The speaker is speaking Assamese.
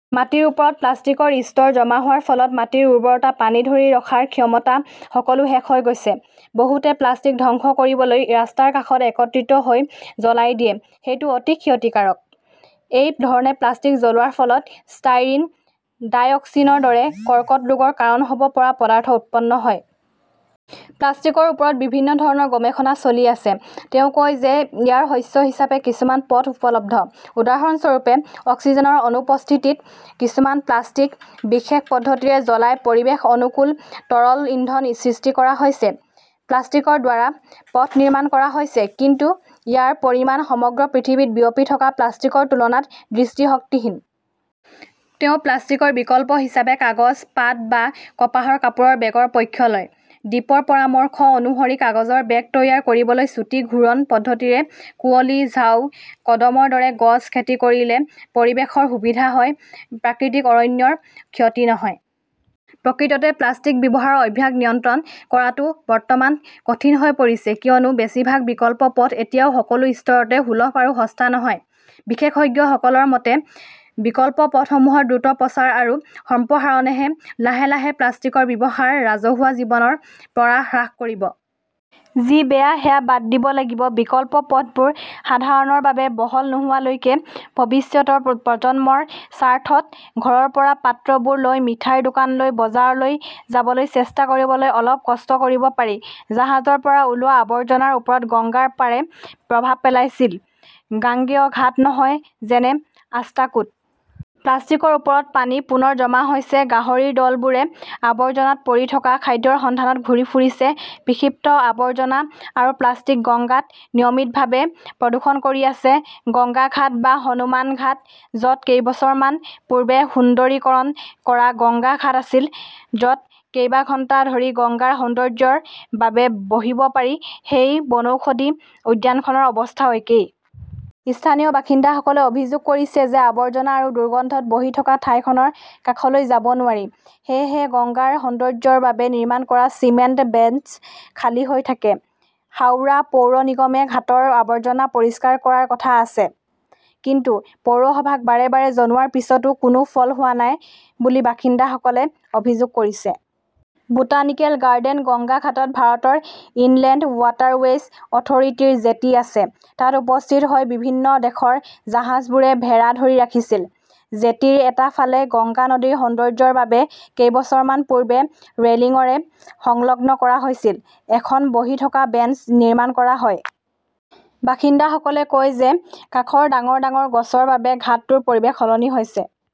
মাটিৰ ওপৰত প্লাষ্টিকৰ স্তৰ জমা হোৱাৰ ফলত মাটিৰ উৰ্বৰতা, পানী ধৰি ৰখাৰ ক্ষমতা সকলো শেষ হৈ গৈছে। বহুতে প্লাষ্টিক ধ্বংস কৰিবলৈ ৰাস্তাৰ কাষত একত্ৰিত হৈ জ্বলাই দিয়ে। সেইটো অতি ক্ষতিকাৰক। এই ধৰণে প্লাষ্টিক জ্বলোৱাৰ ফলত ষ্টাইৰিন, ডাইঅক্সিনৰ দৰে কৰ্কট ৰোগৰ কাৰণ হ'ব পৰা পদাৰ্থ উৎপন্ন হয়। প্লাষ্টিকৰ ওপৰত বিভিন্ন ধৰণৰ গৱেষণা চলি আছে। তেওঁ কয় যে ইয়াৰ শস্য হিচাপে কিছুমান পথ উপলব্ধ। উদাহৰণস্বৰূপে, অক্সিজেনৰ অনুপস্থিতিত কিছুমান প্লাষ্টিক বিশেষ পদ্ধতিৰে জ্বলাই পৰিৱেশ-অনুকূল তৰল ইন্ধন সৃষ্টি কৰা হৈছে, প্লাষ্টিকৰ দ্বাৰা পথ নিৰ্মাণ কৰা হৈছে, কিন্তু ইয়াৰ পৰিমাণ সমগ্ৰ পৃথিৱীত বিয়পি থকা প্লাষ্টিকৰ তুলনাত দৃষ্টিশক্তিহীন। তেওঁ প্লাষ্টিকৰ বিকল্প হিচাপে কাগজ, পাট বা কপাহৰ কাপোৰৰ বেগৰ পক্ষ লয়। দীপৰ পৰামৰ্শ অনুসৰি কাগজৰ বেগ তৈয়াৰ কৰিবলৈ চুটি ঘূৰণ পদ্ধতিৰে কুঁৱলী, ঝাও, কদমৰ দৰে গছ খেতি কৰিলে পৰিৱেশৰ সুবিধা হয়, প্ৰাকৃতিক অৰণ্যৰ ক্ষতি নহয়। প্ৰকৃততে প্লাষ্টিক ব্যৱহাৰৰ অভ্যাস নিয়ন্ত্ৰণ কৰাটো বৰ্তমান কঠিন হৈ পৰিছে কিয়নো বেছিভাগ বিকল্প পথ এতিয়াও সকলো স্তৰতে সুলভ আৰু সস্তা নহয়। বিশেষজ্ঞসকলৰ মতে, বিকল্প পথসমূহৰ দ্ৰুত প্ৰচাৰ আৰু সম্প্ৰসাৰণেহে লাহে -লাহে প্লাষ্টিকৰ ব্যৱহাৰ ৰাজহুৱা জীৱনৰ পৰা হ্ৰাস কৰিব। যি বেয়া সেয়া বাদ দিব লাগিব। বিকল্প পথবোৰ সাধাৰণৰ বাবে বহল নোহোৱালৈকে ভৱিষ্যতৰ প্ৰজন্মৰ স্বাৰ্থত ঘৰৰ পৰা পাত্ৰবোৰ লৈ মিঠাইৰ দোকানলৈ, বজাৰলৈ যাবলৈ চেষ্টা কৰিবলৈ অলপ কষ্ট কৰিব পাৰি। জাহাজৰ পৰা ওলোৱা আৱৰ্জনাৰ ওপৰত গংগাৰ পাৰে প্ৰভাৱ পেলাইছিল গাঙ্গেয় ঘাট নহয়, যেনে আষ্টাকুড। প্লাষ্টিকৰ ওপৰত পানী পুনৰ জমা হৈছে। গাহৰিৰ দলবোৰে আবৰ্জনাত পৰি থকা খাদ্যৰ সন্ধানত ঘূৰি ফুৰিছে। বিক্ষিপ্ত আৱৰ্জনা আৰু প্লাষ্টিক গঙ্গাত নিয়মিতভাৱে প্ৰদূষণ কৰি আছে। গংগা ঘাট বা হনুমান ঘাট, য 'ত কেইবছৰমান পূৰ্বে সুন্দৰীকৰণ কৰা গংগা ঘাট আছিল, য' ত কেইবা ঘণ্টা ধৰি গংগাৰ সৌন্দৰ্য্যৰ বাবে বহিব পাৰি, সেই বনৌষধি উদ্যানখনৰ অৱস্থাও একেই। স্থানীয় বাসিন্দাসকলে অভিযোগ কৰিছে যে আৱৰ্জনা আৰু দুৰ্গন্ধত বহি থকা ঠাইখনৰ কাষলৈ যাব নোৱাৰি। সেয়েহে গংগাৰ সৌন্দৰ্য্যৰ বাবে নিৰ্মাণ কৰা চিমেণ্ট বেঞ্চ খালী হৈ থাকে। হাওড়া পৌৰ নিগমে ঘাটৰ আৱৰ্জনা পৰিষ্কাৰ কৰাৰ কথা আছে, কিন্তু পৌৰসভাক বাৰে -বাৰে জনোৱাৰ পিছতো কোনো ফল হোৱা নাই বুলি বাসিন্দাসকলে অভিযোগ কৰিছে। বোটানিকেল গাৰ্ডেন গংগা ঘাটত ভাৰতৰ ইনলেণ্ড ৱাটাৰৱেজ অথৰিটিৰ জেটি আছে, তাত উপস্থিত হৈ বিভিন্ন দেশৰ জাহাজবোৰে ভেড়া ধৰি ৰাখিছিল। জেটিৰ এটা ফালে গংগা নদীৰ সৌন্দৰ্য্যৰ বাবে কেইবছৰমান পূৰ্বে ৰেলিংৰে সংলগ্ন কৰা হৈছিল। এখন বহি থকা বেঞ্চ নিৰ্মাণ কৰা হয়। বাসিন্দাসকলে কয় যে কাষৰ ডাঙৰ -ডাঙৰ গছৰ বাবে ঘাটটোৰ পৰিৱেশ সলনি হৈছে।